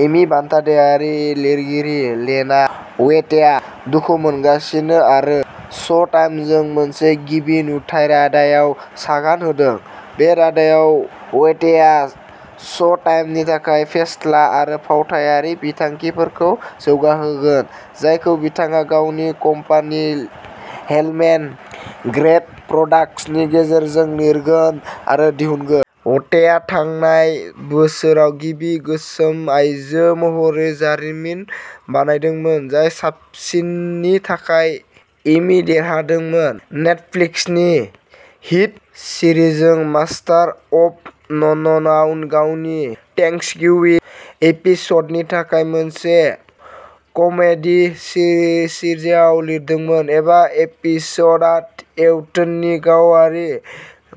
Amy बान्था देरहागिरि लिरगिरि लेना वेथेआ दुखु मोनगासिनो आरो श'टाइमजों मोनसे गिबि-नुथाइ रादायाव सागान होदों! बे रादायाव, वेथेआ श'टाइमनि थाखाय फेस्ला आरो फावथायारि बिथांखिफोरखौ जौगाहोगोन, जायखौ बिथाङा गावनि कम्पानि हिलमेन ग्रेड प्रडाक्शन्सनि गेजेरजों लिरगोन आरो दिहुनगोन। वेथेआ थांनाय बोसोराव गिबि गोसोम आयजो महरै जारिमिन बानायदोंमोन, जाय साबसिननि थाखाय एमी देरहादोंमोन। नेटफ्लिक्सनि हिट सिरिज मास्टार अफ ननआव गावनि "थेंक्सगिविं" एपिसडनि थाखाय मोनसे कमेडी सिरिजआव लिरदोंमोन। बे एपिसडआ वेथनि गावारि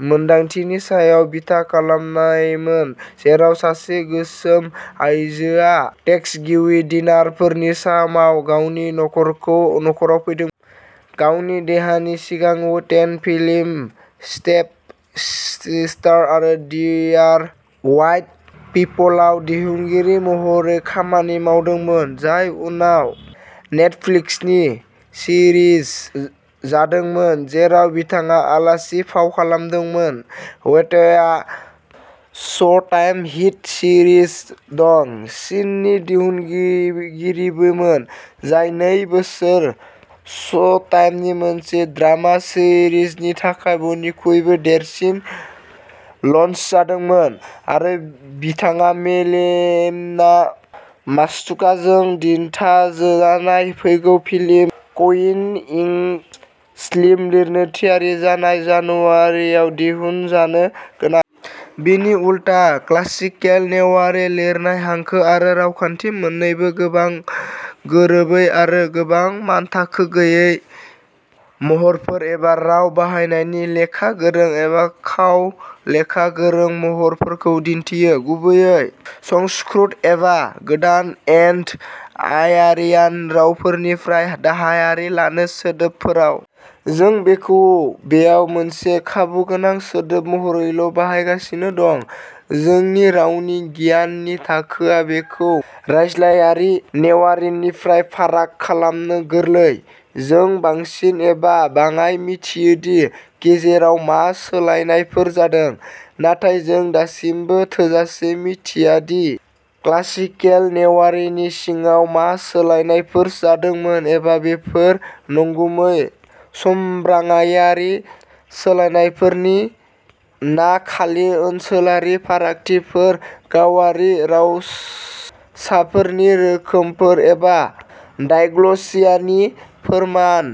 मोनदांथिनि सायाव बिथा खालामनायमोन, जेराव सासे गोसोम आयजोआ थेंक्सगिविं डिनारफोरनि समाव गावनि नख'राव फैदोंमोन। गावनि देरहानायनि सिगां वेथेआ फिल्म स्टेप सिस्टार आरो डियर व्हाइट पिपलआव दिहुनगिरि महरै खामानि मावदोंमोन, जाय उनाव नेटफ्लिक्स सिरिज जादोंमोन जेराव बिथाङा आलासि फाव खालामदोंमोन। वेथेआ श'टाइम हिट सीरीज द चीनि दिहुनगिरिबोमोन, जाय नै बोसोराव श'टाइमनि मोनसे ड्रामा सिरिजनि थाखाय बयनिख्रुइ देरसिन लन्च जादोंमोन, आरो बिथाङा मेलिना मात्सुकासजों दिथाहोजानाय फैगौ फिल्म, क्वीन एंड स्लिम लिरनो थियारि, जाय जानुवारिआव दिहुनजानो गोनां। बिनि उलथा, क्लासिकेल नेवारी लिरनाय-हांखो आरो रावखान्थि-मोननैबो गोबां गोरोबै आरो गोबां मानथाखो गैयै महरफोर एबा राव बाहायनायनि लेखा गोरों एबा खाव-लेखा गोरों महरफोरखौ दिन्थियो, गुबैयै संस्कृत एबा गोदान इन्ड'- आरियान रावफोरनिफ्राय दाहार लानाय सोदोबफोराव। जों बेखौ बेयाव मोनसे खाबुगोनां सोदोब महरैल'बाहायगासिनो दं। जोंनि रावनि गियाननि थाखोआ बेखौ रायज्लायारि नेवारीनिफ्राय फाराग खालामनो गोरलै। जों, बांसिन एबा बाङाय, मिथियो दि गेजेराव मा सोलायनायफोर जादों, नाथाय जों दासिमबो थोजासे मिथिया दि क्लासिकेल नेवारीनि सिङाव मा सोलायनायफोर जादोंमोन एबा बेफोर नंगुबै समब्राङारि सोलायनायफोर ना खालि ओनसोलारि फारागथिफोर-गावारि रावसाफोरनि रोखोमफोर, एबा डायग्लसिया नि फोरमान।